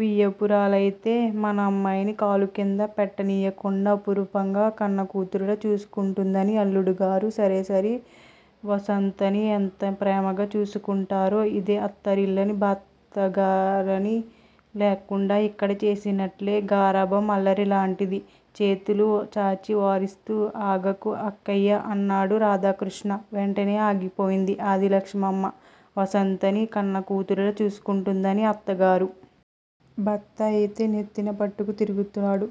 వియ్యపురాలయితే మనమ్మాయిని కాలుకింద పెట్టనియ్యకుండా అపురూపంగ కన్నకూతురులా చూసుకుంటున్నది. అల్లుడుగారు సరేసరి వసంతని ఎంతప్రేమగా చూసుకుంటారో. ఇదే అత్తారిల్లని భర్తగారని లేకుండ ఇక్కడ చేసినట్లే గారాబం అల్లరి లాంటిది. చేతులు చాచి వారిస్తూ ఆగకు అక్కయ్యా! అన్నాడు రాధాకృష్ణ. వెంటనే ఆగిపోయింది ఆదిలక్ష్మమ్మ. వసంతని కన్నకూతురులా చూసుకుంటున్నది అత్తగారు. భర్త అయితే నెత్తిన పట్టుకు తిరుగుతున్నాడు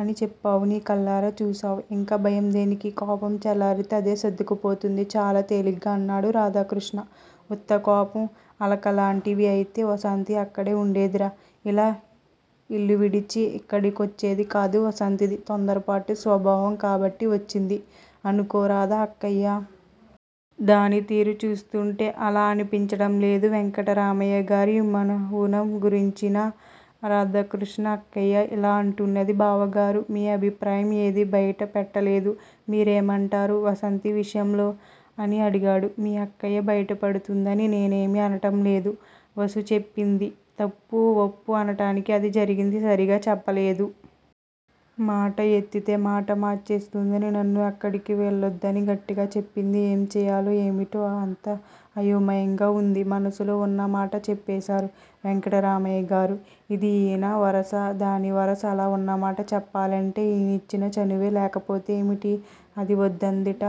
అని చెప్పావు నీ కళ్ళారా చూశావు. ఇంక భయం దేనికి? కోపం చల్లారితే అదే సర్దుకుపోతుంది. చాలా తేలిగ్గా అన్నాడు రాధాకృష్ణ. ఉత్తకోపం అలకలాంటివి అయితే వాసంతి అక్కడే వుండేదిరా. ఇలా యిల్లువిడిచి యిక్కడికొచ్చేది కాదు. వాసంతిది తొందరపాటు స్వభావం కాబట్టి వచ్చింది అనుకోరాదా అక్కయ్యా! దానితీరు చూస్తుంటే అలా అనిపించటంలేదు, వెంకట్రామయ్యగారి మవునం గుర్తించిన రాధాకృష్ణ అక్కయ్య యిలా అంటున్నది బావగారూ! మీ అభిప్రాయం ఏది బైట పెట్టలేదు. మీరేమంటారు వాసంతి విషయంలో? అని అడిగాడు. మీ అక్కయ్య భయపడుతుందని నేనేమీ అనటం లేదు. వాసు చేసింది తప్పు వప్పు అనటానికి అది జరిగింది సరీగ చెప్పలేదు. మాట ఎత్తితే మాట మార్చేస్తున్నది. నన్ను అక్కడి కెళ్ళవద్దని గట్టిగా చెప్పింది. ఏంచేయాలో ఏమిటో అంతా అయోమయంగా వుంది. మనసులో వున్న మాట చెప్పేశారు వెంకట్రామయ్యగారు. ఇదీ యీయన వరస, దానివరస అలా, ఉన్నమాట చెప్పాలంటే ఈయనిచ్చిన చనువే, లేకపోతే ఏమిటి? అది వద్దందిట.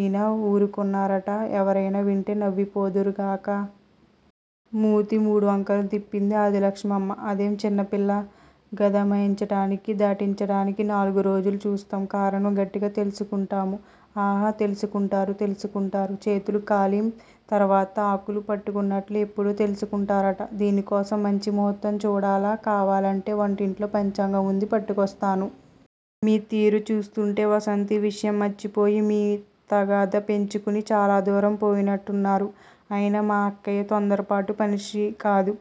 ఈయన వూరుకున్నారుట ఎవరైనా వింటే నవ్విపోదురుగాక. మూతి మూడువంకలు తిప్పింది ఆదిలక్ష్మమ్మ. అదేం చిన్నపిల్లా గదమాయించటానికి, దండించటానికి నాలుగురోజులు చూస్తాం కారణం గట్టిగా తెల్సుకుంటాము. ఆ ఆ తెలుసుకుంటారు, తెలుసుకుంటారు. చేతులు కాలిం తరువాత ఆకులు పట్టుకున్నట్లు ఎప్పుడో తెలుసుకుంటారుట, దీనికోసం మంచి ముహూర్తం చూడాలా! కావాలంటే వంటింట్లో పంచాంగం వుంది పట్టుకొస్తాను. మీ తీరు చూస్తుంటే వాసంతి విషయం మర్చిపోయి, మీ తగాదా పెంచుకుని చాలాదూరం పోయేనట్టున్నారు. అయినా మా అక్కయ్య తొందరపాటు మనిషికాదు.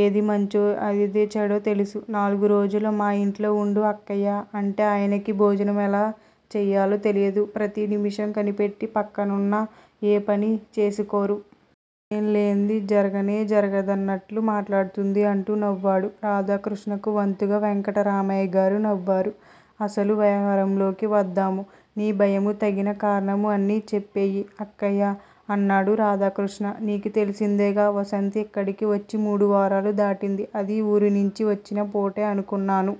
ఏది మంచో ఏది చెడో తెలుసు. నాలుగురోజులు మా యింట్లో వుండు అక్కయ్యా! అంటే ఆయనకి భోజనం ఎలా చేయాలో తెలియదు. ప్రతి నిమిషం కనిపెట్టి పక్కనవున్నా ఏపని చేసుకోరు. నేలేంది జరగనే జరగదన్నట్లు మాట్లాడుతుంది అంటూ నవ్వాడు. రాధాకృష్ణకు వంతగా వెంకట్రామయ్యగారు నవ్వారు. అసలు వ్యవహారంలోకి వద్దాము. నీ భయము తగిన కారణము అన్ని చెప్పెయ్యి అక్కయ్యా! అన్నాడు రాధాకృష్ణ. నీకు తెలిసిందేగా వాసంతి యిక్కడికి వచ్చి మూడువారాలు దాటింది. అది ఊరినించి వచ్చిన పూటే అనుకున్నాను.